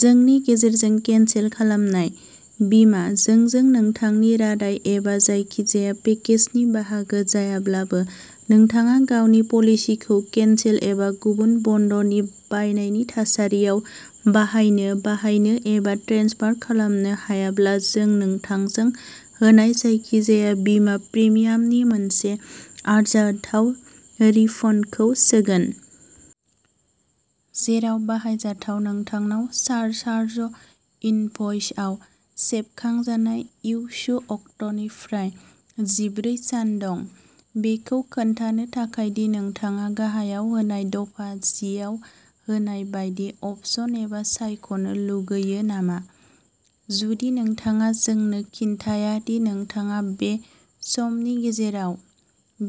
जोंनि गेजेरजों केनसेल खालामनाय। बीमा जोंजों नोंथांनि रादाय एबा जायखिजाया पेकेजनि बाहागो जायाब्लाबो, नोंथाङा गावनि पलिसिखौ केनसेल एबा गुबुन बन्दनि बायनायनि थासारियाव बाहायनो बाहायनो एबा ट्रेन्सफार खालामनो हायाब्ला जों नोंथांजों होनाय जायखिजाया बीमा प्रिमियामनि मोनसे आरजाथाव रिफन्डखौ सानगोन। जेराव बाहायजाथाव, नोंथांनाव सारचार्ज इनभ'इसआव सेबखांजानाय इस्यू अक्टनिफ्राय जिब्रै सान दं, बेखौ खोन्थानो थाखाय दि नोंथाङा गाहायाव होनाय दफा जिआव होनाय बायदि अपसन एबा सायख'नो लुगैयो नामा। जुदि नोंथाङा जोंनो खिन्थिया दि नोंथाङा बे समनि गेजेराव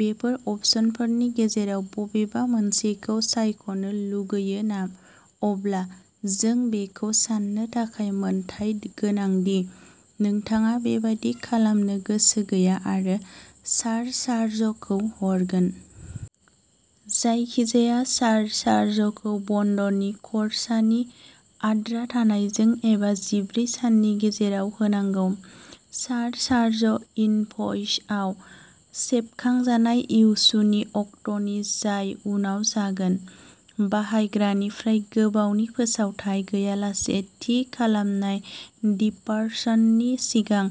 बेफोर अपसनफोरनि गेजेराव बबेबा मोनसेखौ सायख'नो लुगैयो, अब्ला जों बेखौ सान्नो थाखाय मोनथाय गोनां दि नोंथाङा बेबादि खालामनो गोसो गैया आरो सारचार्जखौ हरगोन। जायखिजाया सारचार्जखौ बन्दनि खरसानि आद्रा थानायजों एबा जिब्रै साननि गेजेराव होनांगौ। सारचार्ज इनभ'इसआव सेबखांजानाय इस्यूनि अक्ट'नि, जाय उनाव जागोन। बाहायग्रानिफ्राय गोबावनि फोसावथाइ गैयालासे थि खालामनाय दिपार्चननि सिगां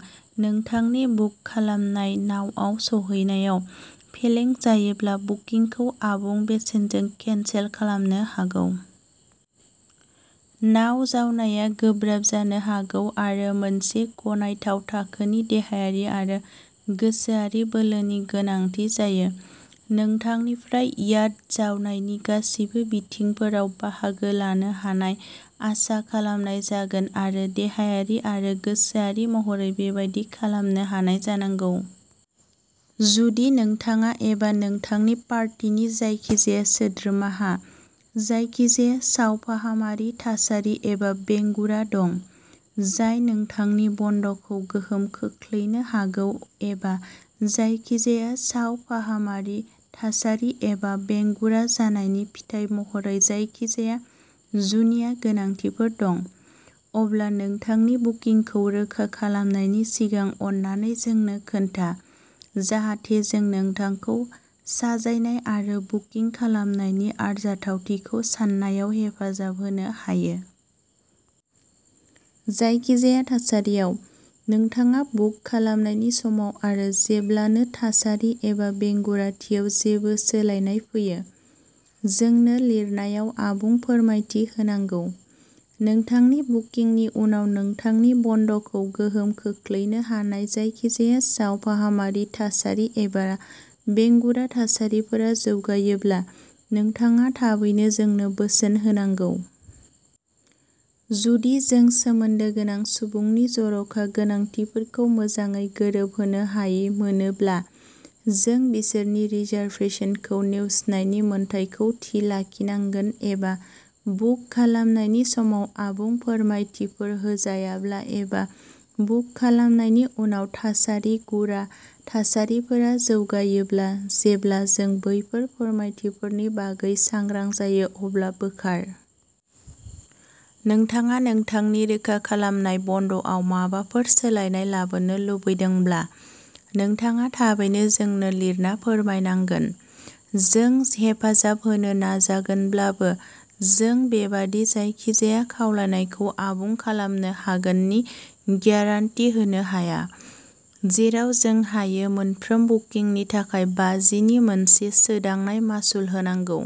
नोंथांनि बुक खालामनाय नावआव सौहैनायाव फेलें जायोब्ला बुकिंखौ आबुं बेसेनजों केनसेल खालामनो हागौ। नाव जावनाया गोब्राब जानो हागौ आरो मोनसे गनायथाव थाखोनि देहायारि आरो गोसोआरि बोलोनि गोनांथि जायो। नोंथांनिफ्राय याट जावनायनि गासैबो बिथिंफोराव बाहागो लानो हानाय आसा खालामनाय जागोन आरो देहायारि आरो गोसोआरि महरै बेबादि खालामनो हानाय जानांगौ। जुदि नोंथाङा एबा नोंथांनि पार्टीनि जायखिजाया सोद्रोमाहा जायखिजाया सावफाहामारि थासारि एबा बेंगुरा दं जाय नोंथांनि बन्द'खौ गोहोम खोख्लैनो हागौ एबा जायखिजाया सावफाहामारि थासारि एबा बेंगुरा जानायनि फिथाय महरै जायखिजाया जुनिया गोनांथिफोर दं, अब्ला नोंथांनि बुकिंखौ रोखा खालामनायनि सिगां अन्नानै जोंनो खोन्था जाहाथे जों नोंथांखौ साजायनाय आरो बुकिं खालामनायनि आरजाथावथिखौ सान्नायाव हेफाजाब होनो हायो। जायखिजाया थासारियाव, नोंथाङा बुक खालामनायनि समाव आरो जेब्लानो थासारि एबा बेंगुराथियाव जेबो सोलायनाय फैयो, जोंनो लिरनायाव आबुं फोरमायथि होनांगौ। नोंथांनि बुकिंनि उनाव नोंथांनि बन्द'खौ गोहोम खोख्लैनो हानाय जायखिजाया सावफाहामारि थासारि एबा बेंगुरा थासारिफोरा जौगायोब्ला नोंथाङा थाबैनो जोंनो बोसोन होनांगौ। जुदि जों सोमोन्दो गोनां सुबुंनि जर'खा गोनांथिफोरखौ मोजाङै गोरोबहोनो हायि मोनोब्ला, जों बिसोरनि रिजार्भेसनखौ नेवसिनायनि मोन्थाइखौ थि लाखिनांगोन एबा, बुक खालामनायनि समाव आबुं फोरमायथिफोर होजायाब्ला एबा बुक खालामनायनि उनाव थासारि गुरा थासारिफोरा जौगायोब्ला, जेब्ला जों बेफोर फोरमायथिफोरनि बागै सांग्रां जायो, अब्ला बोखार। नोंथाङा नोंथांनि रोखा खालामनाय बन्द'आव माबाफोर सोलायनाय लाबोनो लुबैदोंब्ला, नोंथाङा थाबैनो जोंनो लिरना फोरमायनांगोन। जों हेफाजाब होनो नाजागोनब्लाबो, जों बेबादि जायखिजाया खावलायनायखौ आबुं खालामनो हागोननि ग्यारान्टि होनो हाया। जेराव जों हायो, मोनफ्रोम बुकिंनि थाखाय बाजिनि मोनसे सोदांनाय मासुल होनांगौ।